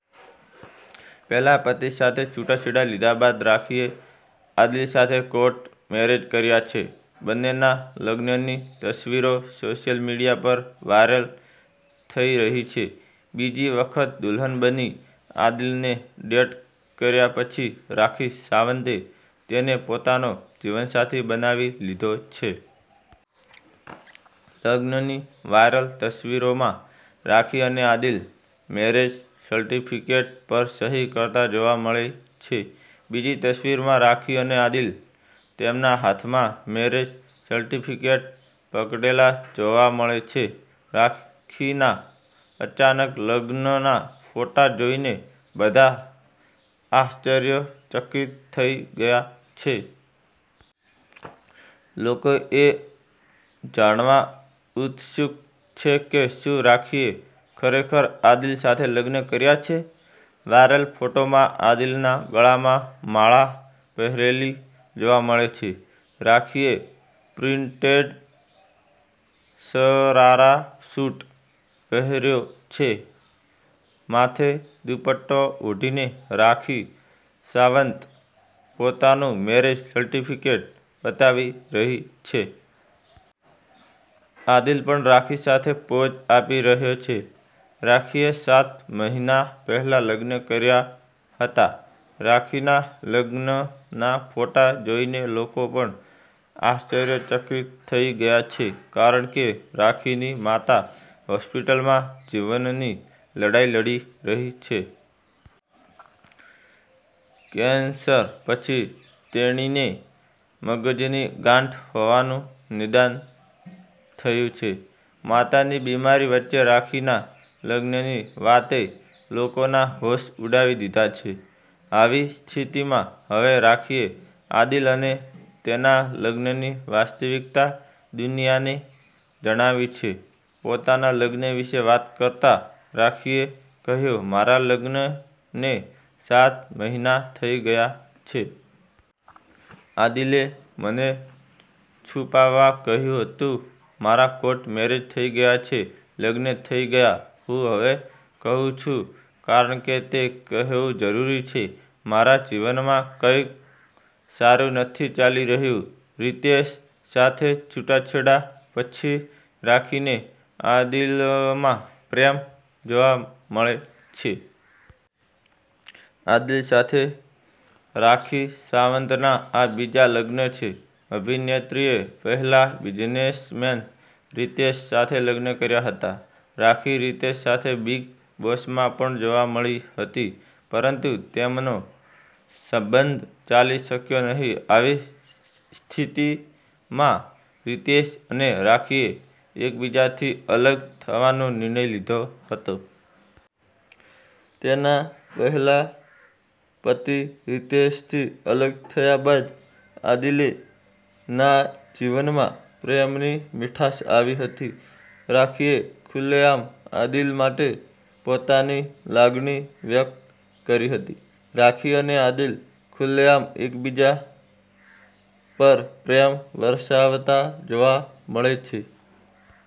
પહેલા પતિ સાથે છૂટાછેડા લીધા બાદ રાખીએ આદિલ સાથે કોર્ટ મેરેજ કર્યા છે. બંનેના લગ્નની તસવીરો સોશિયલ મીડિયા પર વાયરલ થઈ રહી છે. બીજી વખત દુલ્હન બની આદિલને ડેટ કર્યા પછી રાખી સાવંતે તેને પોતાનો જીવનસાથી બનાવી લીધો છે. લગ્નની વાયરલ તસવીરોમાં રાખી અને આદિલ મેરેજ સર્ટિફિકેટ પર સહી કરતા જોવા મળે છે. બીજી તસવીરમાં રાખી અને આદિલ તેમના હાથમાં મેરેજ સર્ટિફિકેટ પકડેલા જોવા મળે છે. રાખીના અચાનક લગ્નના ફોટા જોઈને બધા આશ્ચર્યચકિત થઈ ગયા છે. લોકો એ જાણવા ઉત્સુક છે કે શું રાખીએ ખરેખર આદિલ સાથે લગ્ન કર્યા છે? વાયરલ ફોટોમાં આદિલના ગળામાં માળા પહેરેલી જોવા મળે છે. રાખીએ પ્રિન્ટેડ શરારા સૂટ પહેર્યો છે. માથે દુપટ્ટો ઓઢીને રાખી સાવંત પોતાનું મેરેજ સર્ટિફિકેટ બતાવી રહી છે. આદિલ પણ રાખી સાથે પોઝ આપી રહ્યો છે. રાખીએ સાત મહિના પહેલા લગ્ન કર્યા હતા રાખીના લગ્નના ફોટા જોઈને લોકો પણ આશ્ચર્યચકિત થઈ ગયા છે કારણ કે રાખીની માતા હોસ્પિટલમાં જીવનની લડાઈ લડી રહી છે. કેન્સર પછી તેણીને મગજની ગાંઠ હોવાનું નિદાન થયું છે. માતાની બિમારી વચ્ચે રાખીના લગ્નની વાતે લોકોના હોશ ઉડાવી દીધા છે. આવી સ્થિતિમાં હવે રાખીએ આદિલ અને તેના લગ્નની વાસ્તવિકતા દુનિયાને જણાવી છે. પોતાના લગ્ન વિશે વાત કરતા રાખીએ કહ્યું,'મારા લગ્નને સાત મહિના થઈ ગયા છે. આદિલે મને છુપાવવા કહ્યું હતું. મારા કોર્ટ મેરેજ થઈ ગયા છે. લગ્ન થઈ ગયા. હું હવે કહું છું, કારણ કે તે કહેવું જરૂરી છે. મારા જીવનમાં કંઈક સારું નથી ચાલી રહ્યું.' રિતેશ સાથે છૂટાછેડા પછી રાખીને આદિલમાં પ્રેમ જોવા મળે છે. આદિલ સાથે રાખી સાવંતના આ બીજા લગ્ન છે. અભિનેત્રીએ પહેલા બિઝનેસમેન રિતેશ સાથે લગ્ન કર્યા હતા. રાખી રિતેશ સાથે બિગ બોસમાં પણ જોવા મળી હતી, પરંતુ તેમનો સંબંધ ચાલી શક્યો નહીં. આવી સ્થિતિમાં રિતેશ અને રાખીએ એકબીજાથી અલગ થવાનો નિર્ણય લીધો હતો. તેના પહેલા પતિ રિતેશથી અલગ થયા બાદ આદિલે ના જીવનમાં પ્રેમની મીઠાશ આવી હતી. રાખીએ ખુલ્લેઆમ આદિલ માટે પોતાની લાગણી વ્યક્ત કરી હતી. રાખી અને આદિલ ખુલ્લેઆમ એકબીજા પર પ્રેમ વરસાવતા જોવા મળે છે.